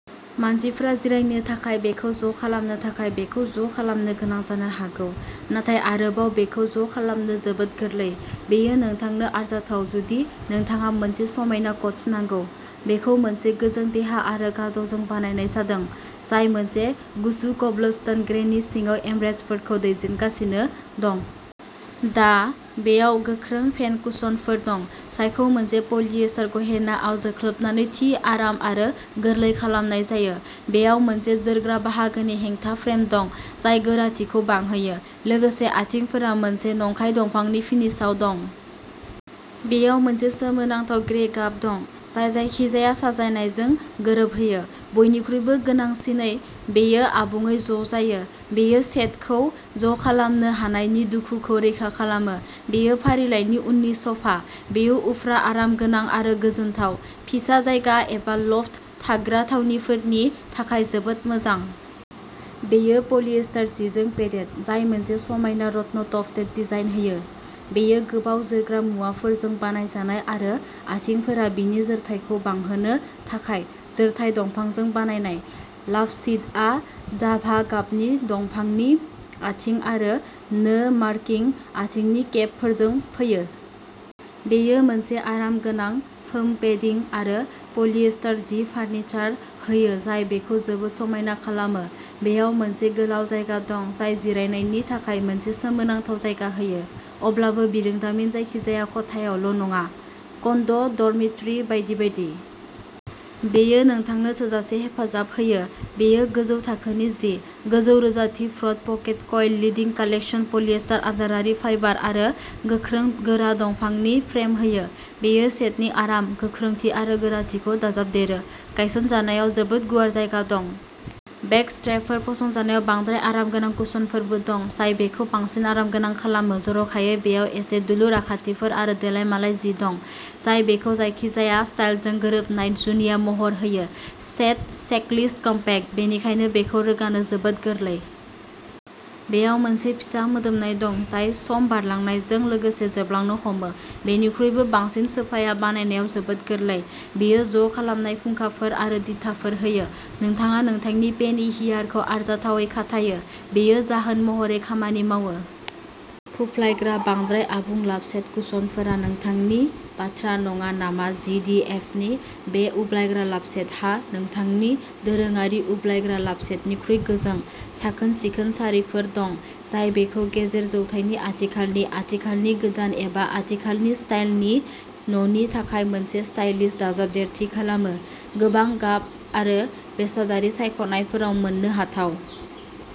मानसिफ्रा जिरायनो थाखाय। बेखौ ज'खालामनो थाखाय, बेखौ ज'खालामनो गोनां जानो हागौ, नाथाय आरोबाव बेखौ ज'खालामनो जोबोद गोरलै। बेयो नोंथांनो आरजाथाव जुदि नोंथाङा मोनसे समायना कच नांगौ। बेखौ मोनसे गोजों देहा आरो गाद'जों बानायनाय जादों, जाय मोनसे गुसु क'ब्लस्टोन ग्रेनि सिङाव एमरेस्टफोरखौ दैदेनगासिनो दं। दा, बेयाव गोख्रों फेन कुशनफोर दं, जायखौ मोनसे पलिएस्टार गहेनाआव जोख्लोबनानै थि आराम आरो गोरलै खालामनाय जायो। बेयाव मोनसे जोरग्रा बाहागोनि हेंथा फ्रेम दं, जाय गोराथिखौ बांहोयो। लोगोसे, आथिंफोरा मोनसे नंखाय दंफांनि फिनिशआव दं। बेयाव मोनसे सोमोनांथाव ग्रे गाब दं, जाय जायखिजाया साजायनायजों गोरोबहोयो। बयनिख्रुइबो गोनांसिनै, बेयो आबुङै ज'जायो। बेयो सेटखौ ज'खालामनो हानायनि दुखुखौ रैखा खालामो। बेयो फारिलाइनि उननि स'फा। बेयो उफ्रा आरामगोनां आरो गोजोनथाव। फिसा जायगा एबा लफ्ट थाग्रा थावनिफोरनि थाखाय जोबोद मोजां। बेयो पलिएस्टार जिजों पेडेड, जाय मोनसे समायना रत्न-टफ्टेड डिजाइन होयो। बेयो गोबाव जोरग्रा मुवाफोरजों बानायजानाय आरो आथिंफोरा बिनि जोरथाइखौ बांहोनो थाखाय जोरथाय दंफांजों बानायनाय। लाभसीटआ जाभा गाबनि दंफांनि आथिं आरो नो मार्किं आथिंनि केपफोरजों फैयो। बेयो मोनसे आरामगोनां फोम पेडिं आरो पलिएस्टार जि फार्निचार होयो जाय बेखौ जोबोद समायना खालामो। बेयाव मोनसे गोलाव जायगा दं जाय जिरायनायनि थाखाय मोनसे सोमोनांथाव जायगा होयो। अब्लाबो, बिरोंदामिन जायखिजाया खथायावल' नङा कन्ड', ड'रमिटरि बायदि बायदि। बेयो नोंथांनो थोजासे हेफाजाब होयो। बेयो गोजौ थाखोनि जि, गोजौ रोजाथि फ्र'थ pocket coil, leading collection polyester आदारारि फाइबार आरो गोख्रों गोरा दंफांनि फ्रेम होयो। बेयो सेटनि आराम, गोख्रोंथि आरो गोराथिखौ दाजाबदेरो। गायसनजानायाव जोबोद गुवार जायगा दं। बेक स्ट्रेपफोर। फसंजानायाव बांद्राय आरामगोनां कुशनफोरबो दं, जाय बेखौ बांसिन आरामगोनां खालामो। जर'खायै, बेयाव एसे दुलुर आखान्थिफोर आरो देलायमालाय जि दं, जाय बेखौ जायखिजाया स्टाइलजों गोरोबनाय जुनिया महर होयो। सेट चेकलिस्ट कम्पैक्ट, बेनिखायनो बेखौ रोगानो जोबोद गोरलै। बेयाव मोनसे फिसा मोदोमनाय दं, जाय सम बारलांनायजों लोगोसे जोबलांनो हमो। बेनिख्रुइबो बांसिन, सोफाया बानायनायाव जोबोद गोरलै। बेयो ज'खालामनाय फुंखाफोर आरो दिथाफोर होयो। नोंथाङा नोंथांनि पेनि हियारखौ आरजाथावै खाथायो। बेयो जाहोन महरै खामानि मावो। फुफ्लायग्रा, बांद्राय आबुं लाभसेट कुशनफोरा नोंथांनि बाथ्रा नङा नामा जि दि एफ नि बे उब्लायग्रा लाभसेटहा नोंथांनि दोरोङारि उब्लायग्रा लाभसेटनिख्रुइ गोजों, साखोन-सिखोन सारिफोर दं, जाय बेखौ गेजेर जौथाइनि आथिखालनि, आथिखालनि, गोदान एबा आथिखालनि स्टाइलनि न'नि थाखाय मोनसे स्टाइलिश दाजाबदेरथि खालामो। गोबां गाब आरो बेसादारि सायख'नायफोराव मोननो हाथाव।